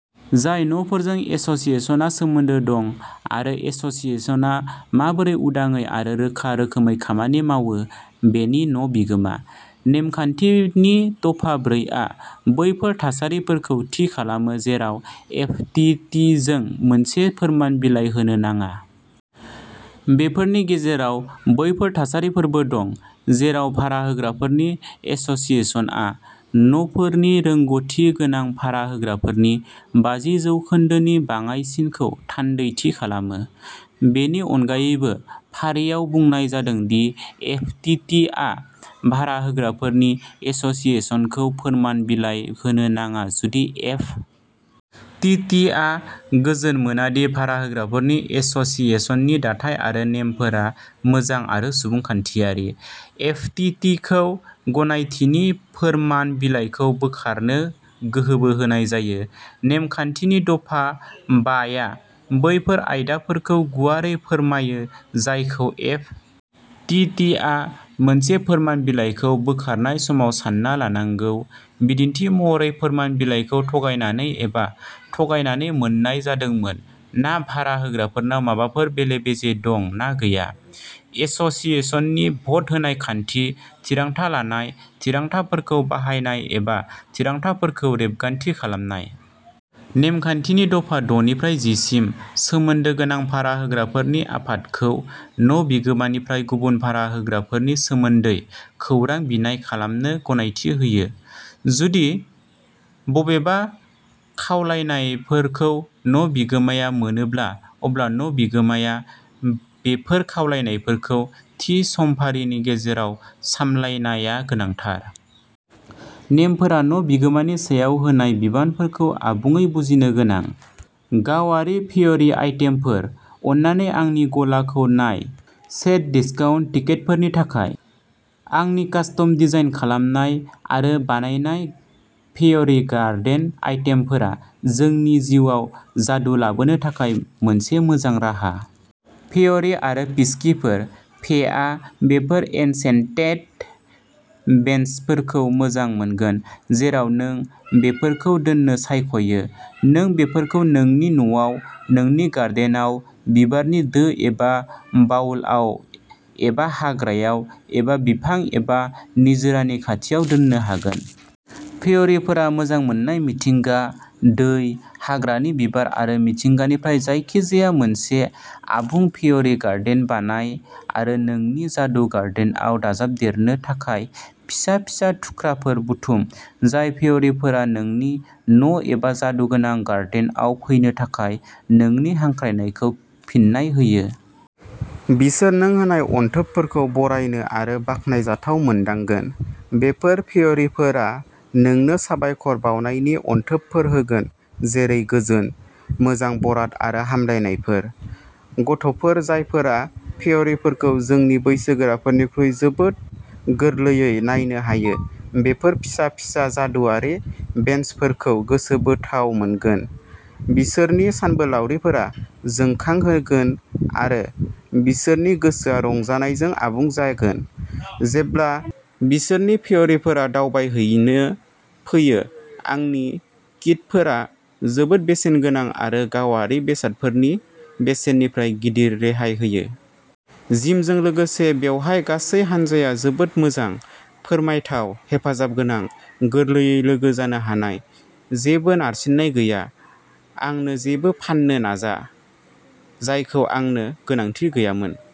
जाय न'फोरजों एस'सिएशनआ सोमोन्दो दं। आरो एस'सिएशनआ माबोरै उदाङै आरो रोखा रोखोमै खामानि मावो बेनि न' बिगोमा। नेमखान्थिनि दफा ब्रैआ बैफोर थासारिफोरखौ थि खालामो जेराव एफ. टि. टि. जों मोनसे फोरमान बिलाइ होनो नाङा। बेफोरनि गेजेराव बैफोर थासारिफोरबो दं जेराव भारा होग्राफोरनि एस'सिएशनआ न'फोरनि रोंग'थि गोनां भारा होग्राफोरनि बाजि जौखोन्दोनि बाङाइसिनखौ थान्दैथि खालामो। बेनि अनगायैबो फारियाव बुंनाय जादों दि एफ. टि. टि. आ भारा होग्राफोरनि एस'सिएशनखौ फोरमान बिलाइ होनो नाङा जुदि एफ. टि. टि. आ गोजोन मोना दि भारा होग्राफोरनि एस'सिएशननि दाथाइ आरो नेमफोरा मोजां आरो सुबुंखान्थियारि। एफ. टि. टि. खौ गनायथिनि फोरमान बिलाइखौ बोखारनो गोहोबो होनाय जायो। नेमखान्थिनि दफा बा या बैफोर आयदाफोरखौ गुवारै फोरमायो जायखौ एफ. टि. टि. आ मोनसे फोरमान बिलाइखौ बोखारनाय समाव सानना लानांगौ बिदिन्थि महरै फोरमान बिलाइखौ थगायनानै एबा थगायनानै मोन्नाय जादोंमोन ना भारा होग्राफोरनाव माबाफोर बेले-बेजे दं ना गैया। एस'सिएशननि भट होनाय खान्थि, थिरांथा लानाय, थिरांथाफोरखौ बाहायनाय एबा थिरांथाफोरखौ रेबगान्थि खालामनाय। नेमखान्थिनि दफा द' निफ्राय जि सिम सोमोन्दो गोनां भारा होग्राफोरनि आफादखौ न' बिगोमानिफ्राय गुबुन भारा होग्राफोरनि सोमोन्दै खौरां बिनाय खालामनो गनायथि होयो। जुदि बबेबा खावलायनायफोरखौ न' बिगोमाया मोनोब्ला अब्ला न' बिगोमाया बेफोर खावलायनायफोरखौ थि समफारिनि गेजेराव सामलायनाया गोनांथार। नेमफोरा न' बिगोमानि सायाव होनाय बिबानफोरखौ आबुङै बुजिनो गोनां। गावारि, फेयरी आइटेमफोर, अन्नानै आंनि गलाखौ नाय सेट डिसकाउन्ट टिकेटफोरनि थाखाय। आंनि कास्टम डिजाइन खालामनाय आरो बानायनाय फेयरी गार्डेन आइटेमफोरा जोंनि जिउआव जादु लाबोनो थाखाय मोनसे मोजां राहा। फेयरी आरो पिक्सीफोर, "फे" आ बेफोर एनचेन्टेड बेन्चफोरखौ मोजां मोनगोन जेराव नों बेफोरखौ दोननो सायख'यो। नों बेफोरखौ नोंनि न'आव, नोंनि गार्डेनआव, बिबारनि दो एबा बाउलआव एबा हाग्रायाव एबा बिफां एबा निजोरानि खाथियाव दोननो हागोन। फेयरीफोरा मोजां मोननाय मिथिंगा, दै, हाग्रानि बिबार आरो मिथिंगानिफ्राय जायखिजाया मोनसे आबुं फेयरी गार्डेन बानाय आरो नोंनि जादु गार्डेनआव दाजाबदेरनो थाखाय फिसा फिसा थुख्राफोर बुथुम जाय फेयरीफोरा नोंनि न' एबा जादुगोनां गार्डेनआव फैनो थाखाय नोंनि हांख्रायनायखौ फिन्नाय होयो। बिसोर नों होनाय अनथोबफोरखौ बरायनो आरो बाखनायजाथाव मोनदांगोन। बेफोर फेयरीफोरा नोंनो साबायखर बावनायनि अनथोबफोर होगोन जेरै गोजोन, मोजां बराद आरो हामलायनायफोर। गथ'फोर जायफोरा फेयरीफोरखौ जोंनि बैसोगोराफोरनिख्रुइ जोबोद गोरलैयै नायनो हायो बेफोर फिसा फिसा जादुआरि बेन्चफोरखौ गोसोबोथाव मोनगोन बिसोरनि सानबोलावरिफोरा जोंखांहोगोन आरो बिसोरनि गोसोआ रंजानायजों आबुं जागोन जेब्ला बिसोरनि फेयरीफोरा दावबायहैनो फैयो आंनि किटफोरा जोबोद बेसेनगोनां आरो गावारि बेसादफोरनि बेसेननिफ्राय "गिदिर" रेहाय होयो। जिमजों लोगोसे बेवहाय गासै हानजाया जोबोद मोजां। फोरमायथाव, हेफाजाबगोनां, गोरलैयै लोगो जानो हानाय। जेबो नारसिननाय गैया, आंनो जेबो फाननो नाजा, जायखौ आंनो गोनांथि गैयामोन।